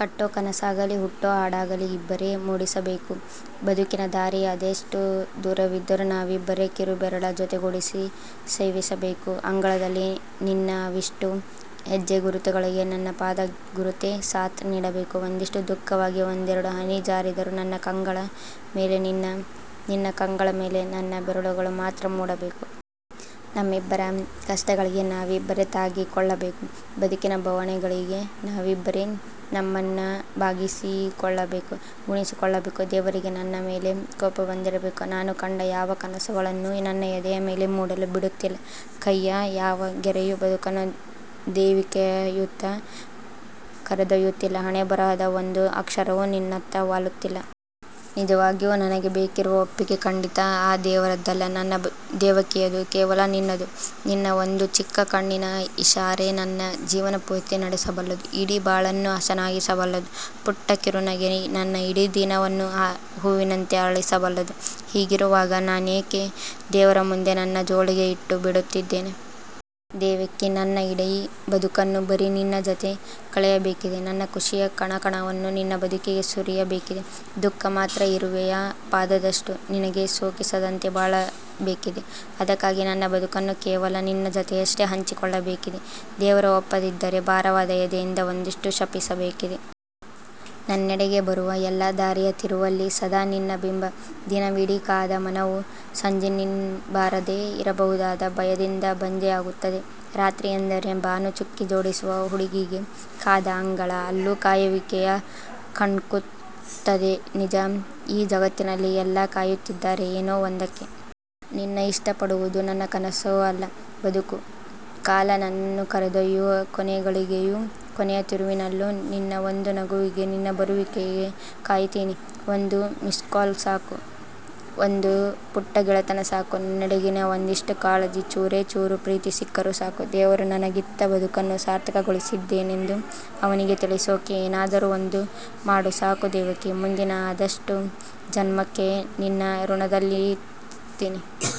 ಕಟ್ಟೋ ಕನಸಾಗಲಿ ಹುಟ್ಟೋ ಹಾಡಾಗಲಿ ಇಬ್ಬರೇ ಮೂಡಿಸಬೇಕು. ಬದುಕಿನ ದಾರಿ ಅದೆಷ್ಟು ದೂರವಿದ್ದರೂ ನಾವಿಬ್ಬರೇ ಕಿರುಬೆರಳ ಜೊತೆಗೂಡಿಸಿ ಸವೆಸಬೇಕು. ಅಂಗಳದಲಿ ನಿನ್ನ ಅವಿಷ್ಟೂ ಹೆಜ್ಜೆಗುರುತುಗಳಿಗೆ ನನ್ನ ಪಾದಗುರುತೇ ಸಾಥ್ ನೀಡಬೇಕು. ಒಂದಿಷ್ಟು ದುಃಖವಾಗಿ ಒಂದೆರಡು ಹನಿ ಜಾರಿದರೂ ನನ್ನ ಕಂಗಳ ಮೇಲೆ ನಿನ್ನ, ನಿನ್ನ ಕಂಗಳ ಮೇಲೆ ನನ್ನ ಬೆರಳುಗಳು ಮಾತ್ರ ಮೂಡಬೇಕು. ನಮ್ಮಿಬ್ಬರ ಕಷ್ಟಗಳಿಗೆ ನಾವಿಬ್ಬರೇ ತಾಗಿಕೊಳ್ಳಬೇಕು. ಬದುಕಿನ ಬವಣೆಗಳಿಗೆ ನಾವಿಬ್ಬರೆ ನಮ್ಮನ್ನ ಭಾಗಿಸಿಕೊಳ್ಳಬೇಕು; ಗುಣಿಸಿಕೊಳ್ಳಬೇಕು. ದೇವರಿಗೆ ನನ್ನ ಮೇಲೆ ಕೋಪ ಬಂದಿರಬೇಕು. ನಾನು ಕಂಡ ಯಾವ ಕನಸುಗಳನ್ನು ನನ್ನ ಎದೆಯ ಮೇಲೆ ಮೂಡಲು ಬಿಡುತ್ತಿಲ್ಲ. ಕೈಯ್ಯ ಯಾವ ಗೆರೆಯೂ ಬದುಕನ್ನು ದೇವಕಿಯತ್ತ ಕರೆದೊಯ್ಯುತ್ತಿಲ್ಲ. ಹಣೆಯಬರಹದ ಒಂದು ಅಕ್ಷರವೂ ನಿನ್ನತ್ತ ವಾಲುತ್ತಿಲ್ಲ. ನಿಜವಾಗಿಯೂ ನನಗೆ ಬೇಕಿರುವ ಒಪ್ಪಿಗೆ ಖಂಡಿತಾ ಆ ದೇವರದ್ದಲ್ಲ. ನನ್ನ ದೇವಕಿಯದು. ಕೇವಲ ನಿನ್ನದು. ನಿನ್ನ ಒಂದು ಚಿಕ್ಕ ಕಣ್ಣಿನ ಇಷಾರೆ ನನ್ನ ಜೀವನಪೂರ್ತಿ ನಡೆಸಬಲ್ಲುದು, ಇಡೀ ಬಾಳನ್ನು ಹಸನಾಗಿಸಬಲ್ಲದು. ಪುಟ್ಟ ಕಿರುನಗೆ ನನ್ನ ಇಡೀ ದಿನವನ್ನು ಹೂವಿನಂತೆ ಅರಳಿಸಬಲ್ಲುದು. ಹೀಗಿರುವಾಗ ನಾನ್ಯಾಕೆ ದೇವರ ಮುಂದೆ ನನ್ನ ಜೋಳಿಗೆ ಇಟ್ಟು ಬೇಡುತ್ತಿದ್ದೇನೆ? ದೇವಕೀ, ನನ್ನ ಇಡೀ ಬದುಕನ್ನು ಬರೀ ನಿನ್ನ ಜತೆ ಕಳೆಯಬೇಕಿದೆ. ನನ್ನ ಖುಷಿಯ ಕಣಕಣವನ್ನೂ ನಿನ್ನ ಬದುಕಿಗೆ ಸುರಿಯಬೇಕಿದೆ, ದುಃಖ ಮಾತ್ರ ಇರುವೆಯ ಪಾದದಷ್ಟೂ ನಿನಗೆ ಸೋಕಿಸದಂತೆ ಬಾಳಬೇಕಿದೆ. ಅದಕ್ಕಾಗಿ ನನ್ನ ಬದುಕನ್ನು ಕೇವಲ ನಿನ್ನ ಜತೆಯಷ್ಟೇ ಹಂಚಿಕೊಳ್ಳಬೇಕಿದೆ. ದೇವರು ಒಪ್ಪದಿದ್ದರೇ ಭಾರವಾದ ಎದೆಯಿಂದ ಒಂದಿಷ್ಟು ಶಪಿಸಬೇಕಿದೆ. ನನ್ನೆಡೆಗೆ ಬರುವ ಎಲ್ಲಾ ದಾರಿಯ ತಿರುವಲ್ಲಿ ಸದಾ ನಿನ್ನ ಬಿಂಬ. ದಿನವಿಡೀ ಕಾದ ಮನವು ಸಂಜೆ ನೀ ಬಾರದೇ ಇರಬಹುದಾದ ಭಯದಿಂದ ಬಂಜೆಯಾಗುತ್ತದೆ. ರಾತ್ರಿಯೆಂದರೆ ಬಾನು ಚುಕ್ಕಿ ಜೋಡಿಸುವ ಹುಡುಗಿಗೆ ಕಾದ ಅಂಗಳ. ಅಲ್ಲೂ ಕಾಯುವಿಕೆಯೇ ಕಣ್ಕುಕ್ಕುತ್ತದೆ. ನಿಜ, ಈ ಜಗತ್ತಿನಲ್ಲಿ ಎಲ್ಲಾ ಕಾಯುತ್ತಿದ್ದಾರೆ, ಏನೋ ಒಂದಕ್ಕೆ. ನಿನ್ನ ಇಷ್ಟಪಡುವುದು ನನ್ನ ಕನಸು ಅಲ್ಲ, ಬದುಕು. ಕಾಲ ನನ್ನನು ಕರೆದೊಯ್ಯುವ ಕೊನೆ ಘಳಿಗೆಯ ಕೊನೆಯ ತಿರುವಿನಲ್ಲೂ ನಿನ್ನ ಒಂದು ನಗುವಿಗೆ, ನಿನ್ನ ಬರುವಿಕೆಗೆ ಕಾಯ್ತೀನಿ. ಒಂದು ಮಿಸ್ಡ್ ಕಾಲ್ ಸಾಕು. ಒಂದು ಪುಟ್ಟ ಗೆಳೆತನ ಸಾಕು. ನನ್ನೆಡೆಗಿನ ಒಂದಿಷ್ಟು ಕಾಳಜಿ, ಚೂರೇ ಚೂರು ಪ್ರೀತಿ ಸಿಕ್ಕರೂ ಸಾಕು, ದೇವರು ನನಗಿತ್ತ ಬದುಕನ್ನು ಸಾರ್ಥಕಗೊಳಿಸಿದ್ದೇನೆಂದು ಅವನಿಗೆ ತಿಳಿಸೋಕೆ ಏನಾದರೂ ಒಂದು ಮಾಡು ಸಾಕು ದೇವಕಿ. ಮುಂದಿನ ಅದಷ್ಟೂ ಜನ್ಮಕ್ಕೆ ನಿನ್ನ ಋಣದಲ್ಲಿರ್ತೀನಿ.